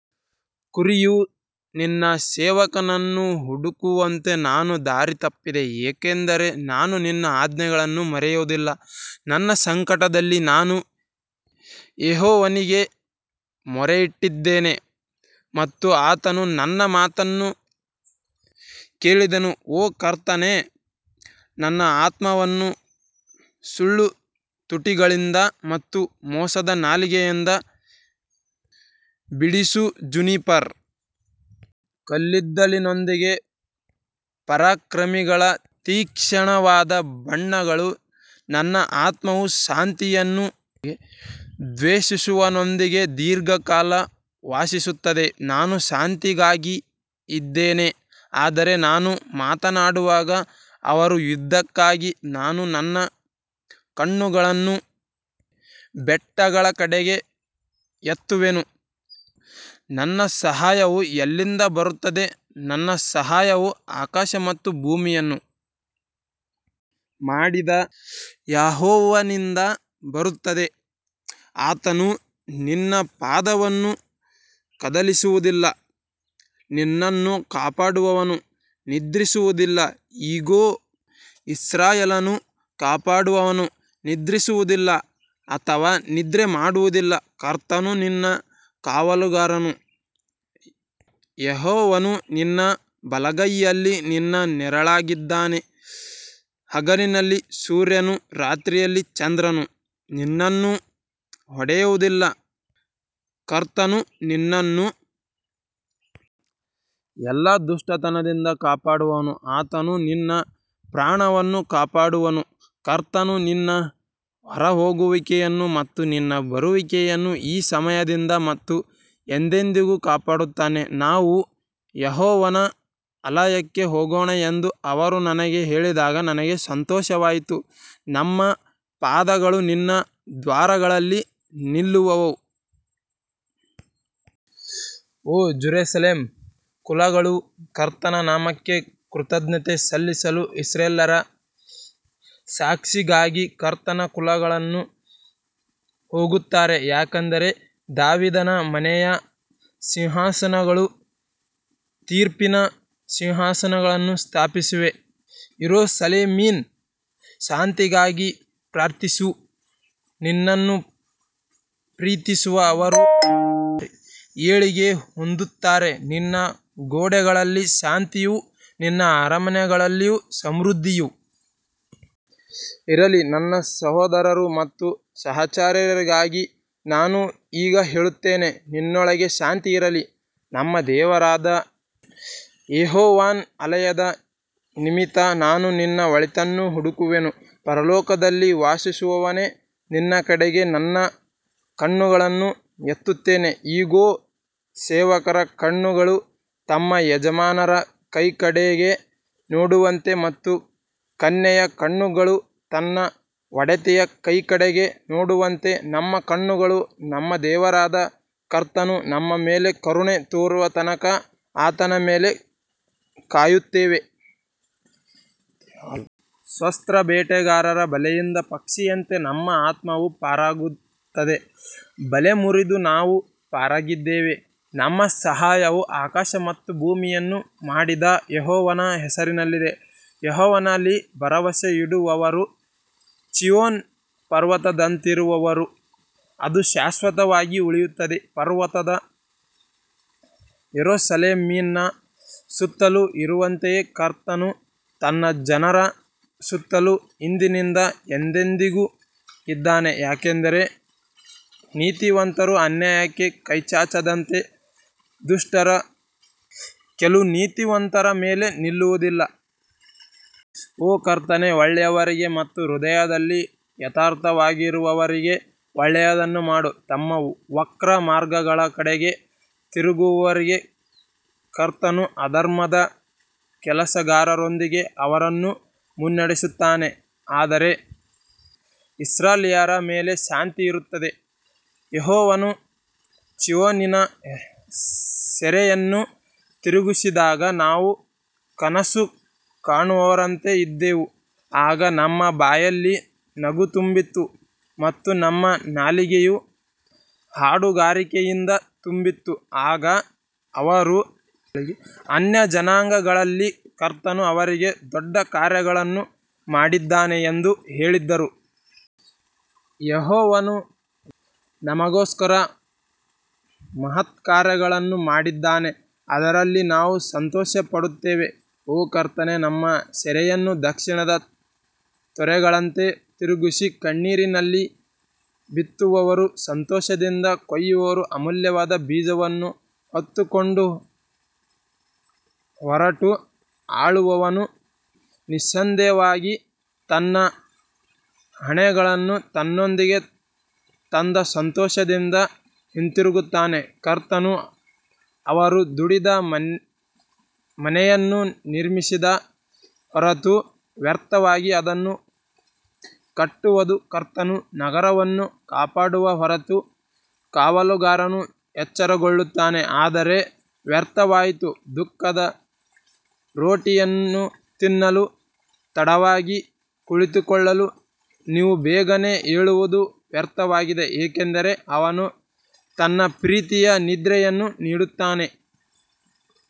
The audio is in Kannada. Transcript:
ಕುರಿಯು ನಿನ್ನ ಸೇವಕನನ್ನು ಹುಡುಕುವಂತೆ ನಾನು ದಾರಿ ತಪ್ಪಿದೆ, ಏಕೆಂದರೆ ನಾನು ನಿನ್ನ ಆಜ್ಞೆಗಳನ್ನು ಮರೆಯುವುದಿಲ್ಲ ನನ್ನ ಸಂಕಟದಲ್ಲಿ ನಾನು ಯೆಹೋವನಿಗೆ ಮೊರೆಯಿಟ್ಟಿದ್ದೇನೆ ಮತ್ತು ಆತನು ನನ್ನ ಮಾತನ್ನು ಕೇಳಿದನು ಓ ಕರ್ತನೇ ನನ್ನ ಆತ್ಮವನ್ನು ಸುಳ್ಳು ತುಟಿಗಳಿಂದ ಮತ್ತು ಮೋಸದ ನಾಲಿಗೆಯಿಂದ ಬಿಡಿಸು ಜುನಿಪರ್ ಕಲ್ಲಿದ್ದಲಿನೊಂದಿಗೆ ಪರಾಕ್ರಮಿಗಳ ತೀಕ್ಷ್ಣವಾದ ಬಾಣಗಳು ನನ್ನ ಆತ್ಮವು ಶಾಂತಿಯನ್ನು ದ್ವೇಷಿಸುವವನೊಂದಿಗೆ ದೀರ್ಘಕಾಲ ವಾಸಿಸುತ್ತಿದೆ ನಾನು ಶಾಂತಿಗಾಗಿ ಇದ್ದೇನೆ ಆದರೆ ನಾನು ಮಾತನಾಡುವಾಗ ಅವರು ಯುದ್ಧಕ್ಕಾಗಿ ನಾನು ನನ್ನ ಕಣ್ಣುಗಳನ್ನು ಬೆಟ್ಟಗಳ ಕಡೆಗೆ ಎತ್ತುವೆನು, ನನ್ನ ಸಹಾಯವು ಎಲ್ಲಿಂದ ಬರುತ್ತದೆ ನನ್ನ ಸಹಾಯವು ಆಕಾಶ ಮತ್ತು ಭೂಮಿಯನ್ನು ಮಾಡಿದ ಯೆಹೋವನಿಂದ ಬರುತ್ತದೆ ಆತನು ನಿನ್ನ ಪಾದವನ್ನು ಕದಲಿಸುವುದಿಲ್ಲ, ನಿನ್ನನ್ನು ಕಾಪಾಡುವವನು ನಿದ್ರಿಸುವುದಿಲ್ಲ ಇಗೋ, ಇಸ್ರಾಯೇಲನ್ನು ಕಾಪಾಡುವವನು ನಿದ್ರಿಸುವುದಿಲ್ಲ ಅಥವಾ ನಿದ್ರೆ ಮಾಡುವುದಿಲ್ಲ ಕರ್ತನು ನಿನ್ನ ಕಾವಲುಗಾರನು ಯೆಹೋವನು ನಿನ್ನ ಬಲಗೈಯಲ್ಲಿ ನಿನ್ನ ನೆರಳಾಗಿದ್ದಾನೆ ಹಗಲಿನಲ್ಲಿ ಸೂರ್ಯನೂ ರಾತ್ರಿಯಲ್ಲಿ ಚಂದ್ರನೂ ನಿನ್ನನ್ನು ಹೊಡೆಯುವುದಿಲ್ಲ ಕರ್ತನು ನಿನ್ನನ್ನು ಎಲ್ಲಾ ದುಷ್ಟತನದಿಂದ ಕಾಪಾಡುವನು, ಆತನು ನಿನ್ನ ಪ್ರಾಣವನ್ನು ಕಾಪಾಡುವನು ಕರ್ತನು ನಿನ್ನ ಹೊರಹೋಗುವಿಕೆಯನ್ನು ಮತ್ತು ನಿನ್ನ ಬರುವಿಕೆಯನ್ನು ಈ ಸಮಯದಿಂದ ಮತ್ತು ಎಂದೆಂದಿಗೂ ಕಾಪಾಡುತ್ತಾನೆ ನಾವು ಯೆಹೋವನ ಆಲಯಕ್ಕೆ ಹೋಗೋಣ ಎಂದು ಅವರು ನನಗೆ ಹೇಳಿದಾಗ ನನಗೆ ಸಂತೋಷವಾಯಿತು ನಮ್ಮ ಪಾದಗಳು ನಿನ್ನ ದ್ವಾರಗಳಲ್ಲಿ ನಿಲ್ಲುವವು ಓ ಜೆರುಸಲೇಮ್ ಕುಲಗಳು ಕರ್ತನ ನಾಮಕ್ಕೆ ಕೃತಜ್ಞತೆ ಸಲ್ಲಿಸಲು ಇಸ್ರಾಯೇಲ್ಯರ ಸಾಕ್ಷಿಗಾಗಿ ಕರ್ತನ ಕುಲಗಳನ್ನು ಹೋಗುತ್ತಾರೆ ಯಾಕಂದರೆ ದಾವೀದನ ಮನೆಯ ಸಿಂಹಾಸನಗಳು ತೀರ್ಪಿನ ಸಿಂಹಾಸನಗಳನ್ನು ಸ್ಥಾಪಿಸಿವೆ ಯೆರೂಸಲೇಮಿನ ಶಾಂತಿಗಾಗಿ ಪ್ರಾರ್ಥಿಸು ನಿನ್ನನ್ನು ಪ್ರೀತಿಸುವ ಅವರು ಏಳಿಗೆ ಹೊಂದುತ್ತಾರೆ ನಿನ್ನ ಗೋಡೆಗಳಲ್ಲಿ ಶಾಂತಿಯೂ ನಿನ್ನ ಅರಮನೆಗಳಲ್ಲಿ ಸಮೃದ್ಧಿಯೂ ಇರಲಿ ನನ್ನ ಸಹೋದರರು ಮತ್ತು ಸಹಚರರಿಗಾಗಿ ನಾನು ಈಗ ಹೇಳುತ್ತೇನೆ ನಿನ್ನೊಳಗೆ ಶಾಂತಿ ಇರಲಿ ನಮ್ಮ ದೇವರಾದ ಯೆಹೋವನ ಆಲಯದ ನಿಮಿತ್ತ ನಾನು ನಿನ್ನ ಒಳಿತನ್ನು ಹುಡುಕುವೆನು ಪರಲೋಕದಲ್ಲಿ ವಾಸಿಸುವವನೇ, ನಿನ್ನ ಕಡೆಗೆ ನನ್ನ ಕಣ್ಣುಗಳನ್ನು ಎತ್ತುತ್ತೇನೆ ಇಗೋ, ಸೇವಕರ ಕಣ್ಣುಗಳು ತಮ್ಮ ಯಜಮಾನರ ಕೈಯ ಕಡೆಗೆ ನೋಡುವಂತೆ ಮತ್ತು ಕನ್ಯೆಯ ಕಣ್ಣುಗಳು ತನ್ನ ಒಡತಿಯ ಕೈಯ ಕಡೆಗೆ ನೋಡುವಂತೆ ನಮ್ಮ ಕಣ್ಣುಗಳು ನಮ್ಮ ದೇವರಾದ ಕರ್ತನು ನಮ್ಮ ಮೇಲೆ ಕರುಣೆ ತೋರುವ ತನಕ ಆತನ ಮೇಲೆ ಕಾಯುತ್ತಿವೆ. ಸ್ತೋತ್ರ ಬೇಟೆಗಾರರ ಬಲೆಯಿಂದ ಪಕ್ಷಿಯಂತೆ ನಮ್ಮ ಆತ್ಮವು ಪಾರಾಗುತ್ತದೆ, ಬಲೆ ಮುರಿದು ನಾವು ಪಾರಾಗಿದ್ದೇವೆ ನಮ್ಮ ಸಹಾಯವು ಆಕಾಶ ಮತ್ತು ಭೂಮಿಯನ್ನು ಮಾಡಿದ ಯೆಹೋವನ ಹೆಸರಿನಲ್ಲಿದೆ ಯೆಹೋವನಲ್ಲಿ ಭರವಸವಿಡುವವರು ಚೀಯೋನ್ ಪರ್ವತದಂತಿರುವರು, ಅದು ಶಾಶ್ವತವಾಗಿ ಉಳಿಯುತ್ತದೆ ಪರ್ವತಗಳು ಯೆರೂಸಲೇಮಿನ ಸುತ್ತಲೂ ಇರುವಂತೆಯೇ ಕರ್ತನು ತನ್ನ ಜನರ ಸುತ್ತಲೂ ಇಂದಿನಿಂದ ಎಂದೆಂದಿಗೂ ಇದ್ದಾನೆ ಯಾಕಂದರೆ ನೀತಿವಂತರು ಅನ್ಯಾಯಕ್ಕೆ ಕೈಚಾಚದಂತೆ ದುಷ್ಟರ ಕೋಲು ನೀತಿವಂತರ ಮೇಲೆ ನಿಲ್ಲುವುದಿಲ್ಲ. ಓ ಕರ್ತನೇ, ಒಳ್ಳೆಯವರಿಗೆ ಮತ್ತು ಅವರ ಹೃದಯದಲ್ಲಿ ಯಥಾರ್ಥವಾಗಿರುವವರಿಗೆ ಒಳ್ಳೆಯದನ್ನು ಮಾಡು ತಮ್ಮ ವಕ್ರ ಮಾರ್ಗಗಳ ಕಡೆಗೆ ತಿರುಗುವವರಿಗೆ ಕರ್ತನು ಅಧರ್ಮದ ಕೆಲಸಗಾರರೊಂದಿಗೆ ಅವರನ್ನು ಮುನ್ನಡೆಸುತ್ತಾನೆ ಆದರೆ ಇಸ್ರಾಯೇಲ್ಯರ ಮೇಲೆ ಶಾಂತಿ ಇರುತ್ತದೆ ಯೆಹೋವನು ಚೀಯೋನಿನ ಸೆರೆಯನ್ನು ತಿರುಗಿಸಿದಾಗ ನಾವು ಕನಸು ಕಾಣುವವರಂತೆ ಇದ್ದೆವು ಆಗ ನಮ್ಮ ಬಾಯಲ್ಲಿ ನಗು ತುಂಬಿತ್ತು ಮತ್ತು ನಮ್ಮ ನಾಲಿಗೆಯು ಹಾಡುಗಾರಿಕೆಯಿಂದ ತುಂಬಿತ್ತು, ಆಗ ಅವರು ಅನ್ಯಜನಾಂಗಗಳಲ್ಲಿ ಕರ್ತನು ಅವರಿಗೆ ದೊಡ್ಡ ಕಾರ್ಯಗಳನ್ನು ಮಾಡಿದ್ದಾನೆ ಎಂದು ಹೇಳಿದರು. ಯೆಹೋವನು ನಮಗೋಸ್ಕರ ಮಹತ್ಕಾರ್ಯಗಳನ್ನು ಮಾಡಿದ್ದಾನೆ ಅದರಲ್ಲಿ ನಾವು ಸಂತೋಷಪಡುತ್ತೇವೆ ಓ ಕರ್ತನೇ, ನಮ್ಮ ಸೆರೆಯನ್ನು ದಕ್ಷಿಣದ ತೊರೆಗಳಂತೆ ತಿರುಗಿಸಿ ಕಣ್ಣೀರಿನಲ್ಲಿ ಬಿತ್ತುವವರು ಸಂತೋಷದಿಂದ ಕೊಯ್ಯುವರು ಅಮೂಲ್ಯವಾದ ಬೀಜವನ್ನು ಹೊತ್ತುಕೊಂಡು ಹೊರಟು ಅಳುವವನು ನಿಸ್ಸಂದೇಹವಾಗಿ ತನ್ನ ಹೆಣಗಳನ್ನು ತನ್ನೊಂದಿಗೆ ತಂದ ಸಂತೋಷದಿಂದ ಹಿಂತಿರುಗುತ್ತಾನೆ ಕರ್ತನು ಅವರು ದುಡಿದ ಮನೆಯನ್ನು ನಿರ್ಮಿಸದ ಹೊರತು ವ್ಯರ್ಥವಾಗಿ ಅದನ್ನು ಕಟ್ಟುವದು ಕರ್ತನು ನಗರವನ್ನು ಕಾಪಾಡುವ ಹೊರತು ಕಾವಲುಗಾರನು ಎಚ್ಚರಗೊಳ್ಳುತ್ತಾನೆ ಆದರೆ ವ್ಯರ್ಥವಾಯಿತು ದುಃಖದ ರೊಟ್ಟಿಯನ್ನು ತಿನ್ನಲು ತಡವಾಗಿ ಕುಳಿತುಕೊಳ್ಳಲು ನೀವು ಬೇಗನೆ ಏಳುವುದು ವ್ಯರ್ಥವಾಗಿದೆ, ಏಕೆಂದರೆ ಅವನು ತನ್ನ ಪ್ರೀತಿಯ ನಿದ್ರೆಯನ್ನು ನೀಡುತ್ತಾನೆ.